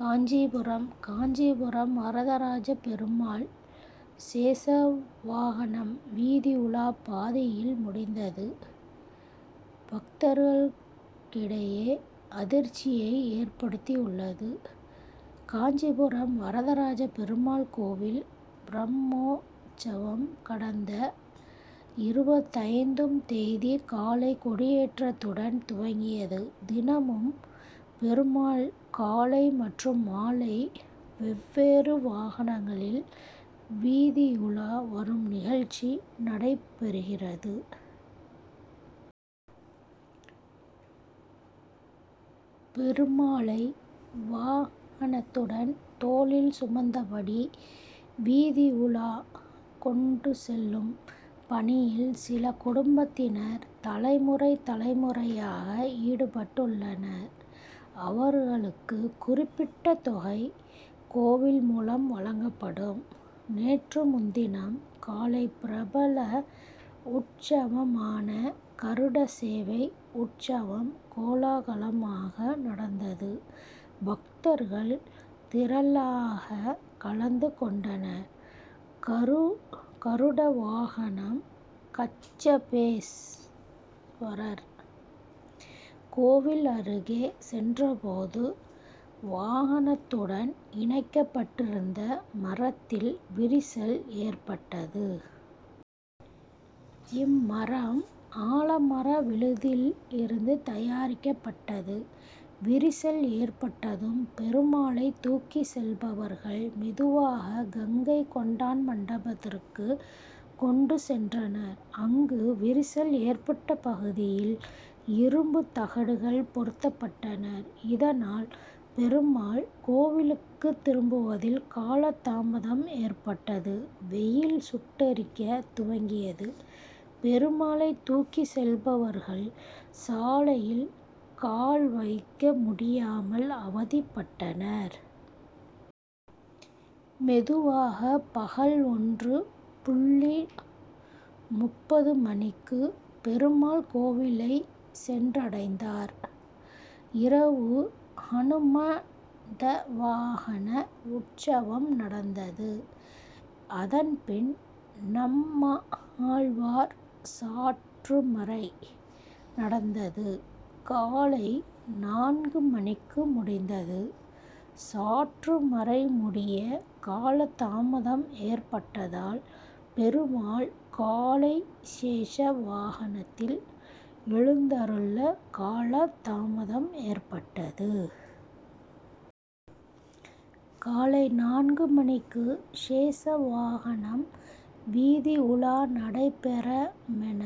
காஞ்சிபுரம் காஞ்சிபுரம் வரதராஜ பெருமாள், சேஷ வாகனம் வீதியுலா பாதியில் முடிந்தது, பக்தர்களிடையே அதிர்ச்சியை ஏற்படுத்தியுள்ளது. காஞ்சிபுரம் வரதராஜ பெருமாள் கோவில் பிரம்மோற்சவம், கடந்த இருபத்தைந்தும் தேதி காலை கொடியேற்றத்துடன் துவங்கியது. தினமும் பெருமாள் காலை மற்றும் மாலை வெவ்வேறு வாகனங்களில், வீதியுலா வரும் நிகழ்ச்சி நடைபெறுகிறது. பெருமாளை வாகனத்துடன் தோளில் சுமந்தபடி, வீதியுலா கொண்டு செல்லும் பணியில், சில குடும்பத்தினர் தலைமுறை, தலைமுறையாக ஈடுபட்டுள்ளனர். அவர்களுக்கு, குறிப்பிட்ட தொகை கோவில் மூலம் வழங்கப்படும். நேற்று முன்தினம், காலை பிரபல உற்சவமான கருடசேவை உற்சவம் கோலாகலமாக நடந்தது. பக்தர்கள் திரளாக கலந்து கொண்டனர். கருடவாகனம் கச்சபேஸ்வரர் கோவில் அருகே சென்றபோது, வாகனத்துடன் இணைக்கப்பட்டிருந்த மரத்தில், விரிசல் ஏற்பட்டது. இம்மரம் ஆலமரம் விழுதிலிருந்து தயாரிக்கப்பட்டது. விரிசல் ஏற்பட்டதும், பெருமாளை தூக்கி செல்பவர்கள், மெதுவாக கங்கை கொண்டான் மண்டபத்திற்கு கொண்டு சென்றனர். அங்கு விரிசல் ஏற்பட்ட பகுதியில், இரும்பு தகடுகள் பொருத்தப்பட்டன. இதனால், பெருமாள் கோவிலுக்கு திரும்புவதில், காலதாமதம் ஏற்பட்டது. வெயில் சுட்டெரிக்க துவங்கியது. பெருமாளை தூக்கி செல்பவர்கள், சாலையில் கால் வைக்க முடியாமல் அவதிப்பட்டனர். மெதுவாக பகல் ஒன்று புள்ளி முப்பது மணிக்கு பெருமாள் கோவிலை சென்றடைந்தார். இரவு ஹனுமந்த வாகன உற்சவம் நடந்தது. அதன்பின் நம்மாழ்வார் சாற்றுமறை நடந்தது. காலை நான்கு மணிக்கு முடிந்தது. சாற்றுமறை முடிய காலதாமதம் ஏற்பட்டதால், பெருமாள் காலை சேஷ வாகனத்தில் எழுந்தருள காலதாமதம் ஏற்பட்டது. காலை நான்கு மணிக்கு சேஷ வாகனம் வீதியுலா நடைபெறுமென,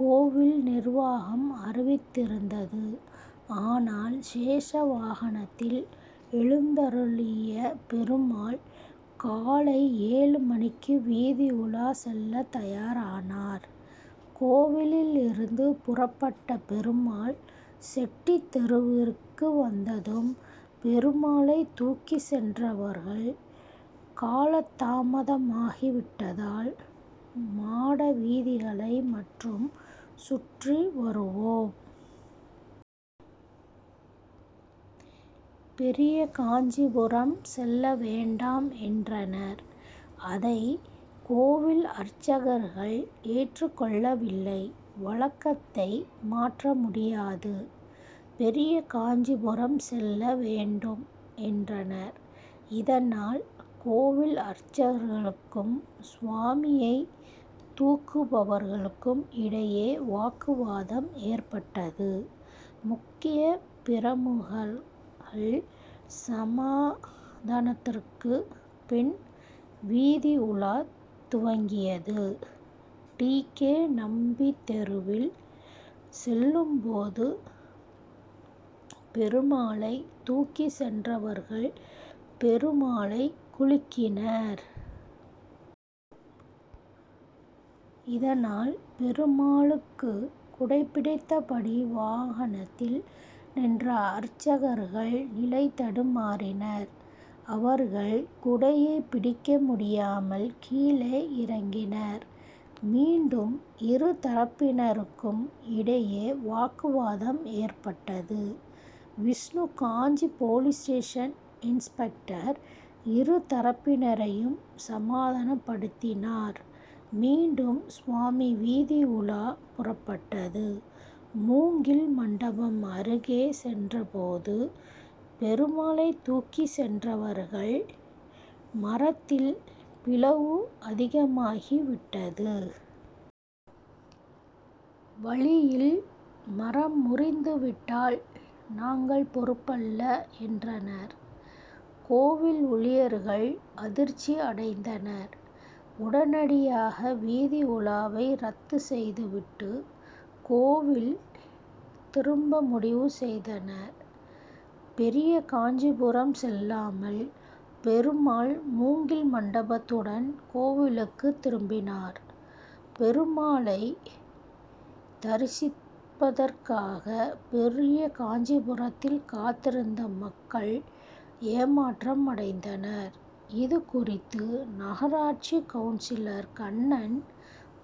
கோவில் நிர்வாகம் அறிவித்திருந்தது. ஆனால் சேஷ வாகனத்தில் எழுந் தருளிய பெருமாள், காலை ஏழு மணிக்கு வீதியுலா செல்ல தயாரானார். கோவிலிலிருந்து புறப்பட்ட பெருமாள் செட்டித்தெருவிற்கு வந்ததும், பெருமாளை தூக்கி சென்றவர்கள், காலதாமதமாகிவிட்டதால் மாட வீதிகளை மட்டும் சுற்றி வருவோம். பெரியகாஞ்சிபுரம் செல்ல வேண்டாம் என்றனர். அதை கோவில் அர்ச்சகர்கள் ஏற்றுக் கொள்ளவில்லை. வழக்கத்தை மாற்ற முடியாது. பெரியகாஞ்சிபுரம் செல்ல வேண்டும் என்றனர். இதனால் கோவில் அர்ச்சகர்களுக்கும், சுவாமியை தூக்குபவர்களுக்கும் இடையே வாக்குவாதம் ஏற்பட்டது. முக்கிய பிரமுகர்கள் சமாதானத்திற்கு பின், வீதியுலா துவங்கியது. டி. கே. நம்பி தெருவில் செல்லும்போது, பெருமாளை தூக்கி சென்றவர்கள், பெருமாளை குலுக்கினர். இதனால் பெருமாளுக்கு குடைபிடித்தபடி வாகனத்தில் நின்ற அர்ச்சகர்கள் நிலை தடுமாறினர். அவர்கள் குடையை பிடிக்க முடியாமல் கீழே இறக்கினர். மீண்டும் இரு தரப்பினருக்கும் இடையே, வாக்குவாதம் ஏற்பட்டது. விஷ்ணுகாஞ்சி போலீஸ் இன்ஸ்பெக்டர் இரு தரப்பினரையும் சமாதானப்படுத்தினார். மீண்டும் சுவாமி வீதியுலா புறப்பட்டது. மூங்கில் மண்டபம் அருகே சென்றபோது, பெருமாளை தூக்கி சென்றவர்கள் மரத்தில் பிளவு அதிகமாகிவிட்டது. வழியில் மரம் முறிந்துவிட்டால், நாங்கள் பொறுப்பல்ல என்றனர். கோவில் ஊழியர்கள் அதிர்ச்சி அடைந்தனர். உடனடியாக வீதியுலாவை, ரத்து செய்துவிட்டு, கோவில் திரும்ப முடிவு செய்தனர். பெரியகாஞ்சிபுரம் செல்லாமல், பெருமாள் மூங்கில் மண்டபத்துடன், கோவிலுக்கு திரும்பினார். பெருமாளை தரிசிப்பதற்காக, பெரியகாஞ்சிபுரத்தில் காத்திருந்த மக்கள் ஏமாற்றமடைந்தனர். இதுகுறித்து நகராட்சி கவுன்சிலர் கண்ணன்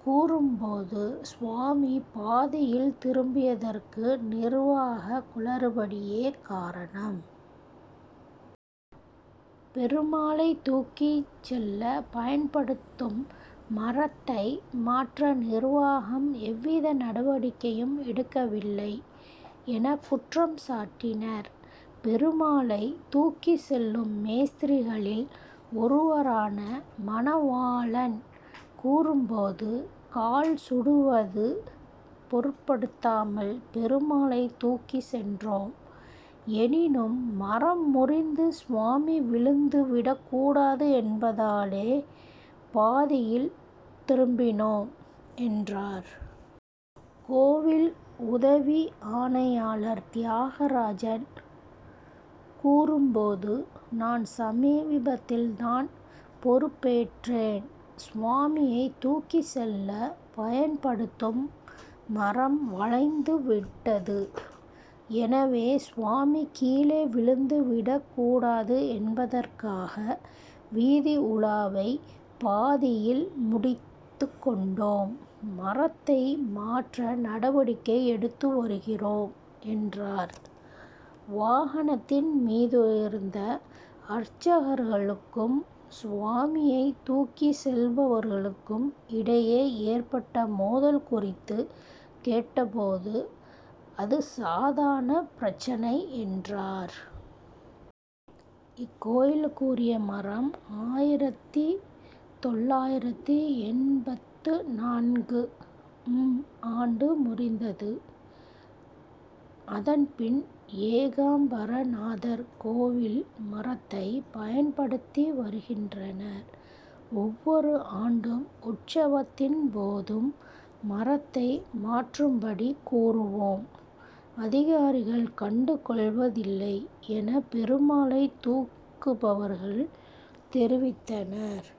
கூறும்போது, சுவாமி பாதியில் திரும்பியதற்கு, நிர்வாக குளறுபடியே காரணம். பெருமாளை தூக்கி செல்ல பயன்படுத்தும் மரத்தை மாற்ற, நிர்வாகம் எவ்வித நடவடிக்கையும் எடுக்கவில்லை' என குற்றம் சாட்டினார். பெருமாளை தூக்கி செல்லும் மேஸ்திரிகளில் ஒருவரான, மணவாளன் கூறும்போது, கால் சுடுவதை பொருட்படுத்தாமல், பெருமாளை தூக்கி சென்றோம். எனினும் மரம் முறிந்து சுவாமி விழுந்து விடக்கூடாது என்பதாலே பாதியில் திரும்பினோம் என்றார். கோவில் உதவி ஆணையர் தியாகராஜன் கூறும்போது, நான் சமீபத்தில் தான் பொறுப்பேற்றேன். சுவாமியை தூக்கி செல்ல பயன்படுத்தும் மரம் வளைந்து விட்டது. எனவே சுவாமி கீழே விழுந்து விடக்கூடாது என்பதற்காக வீதியுலாவை பாதியில் முடித்து கொண்டோம். மரத்தை மாற்ற நடவடிக்கை எடுத்து வருகிறோம் என்றார். வாகனத்தின் மீதிருந்த அர்ச்சகர்களுக்கும், சுவாமியை தூக்கி செல்பவர்களுக்கும் இடையே ஏற்பட்ட மோதல் குறித்து கேட்டபோது, அது சாதாரண பிரச்னை என்றார். இக்கோவிலுக்குரிய மரம் ஆயிரத்து தொள்ளாயிரத்து எண்பத்து நான்கு ம் ஆண்டு முறிந்தது. அதன்பின் ஏகாம்பரநாதர் கோவில் மரத்தை, பயன்படுத்தி வருகின்றனர். ஒவ்வொரு ஆண்டு உற்சவத்தின்போதும், மரத்தை மாற்றும்படி கூறுவோம். அதிகாரிகள் கண்டு கொள்வதில்லை என பெருமாளை தூக்குபவர்கள் தெரிவித்தனர்.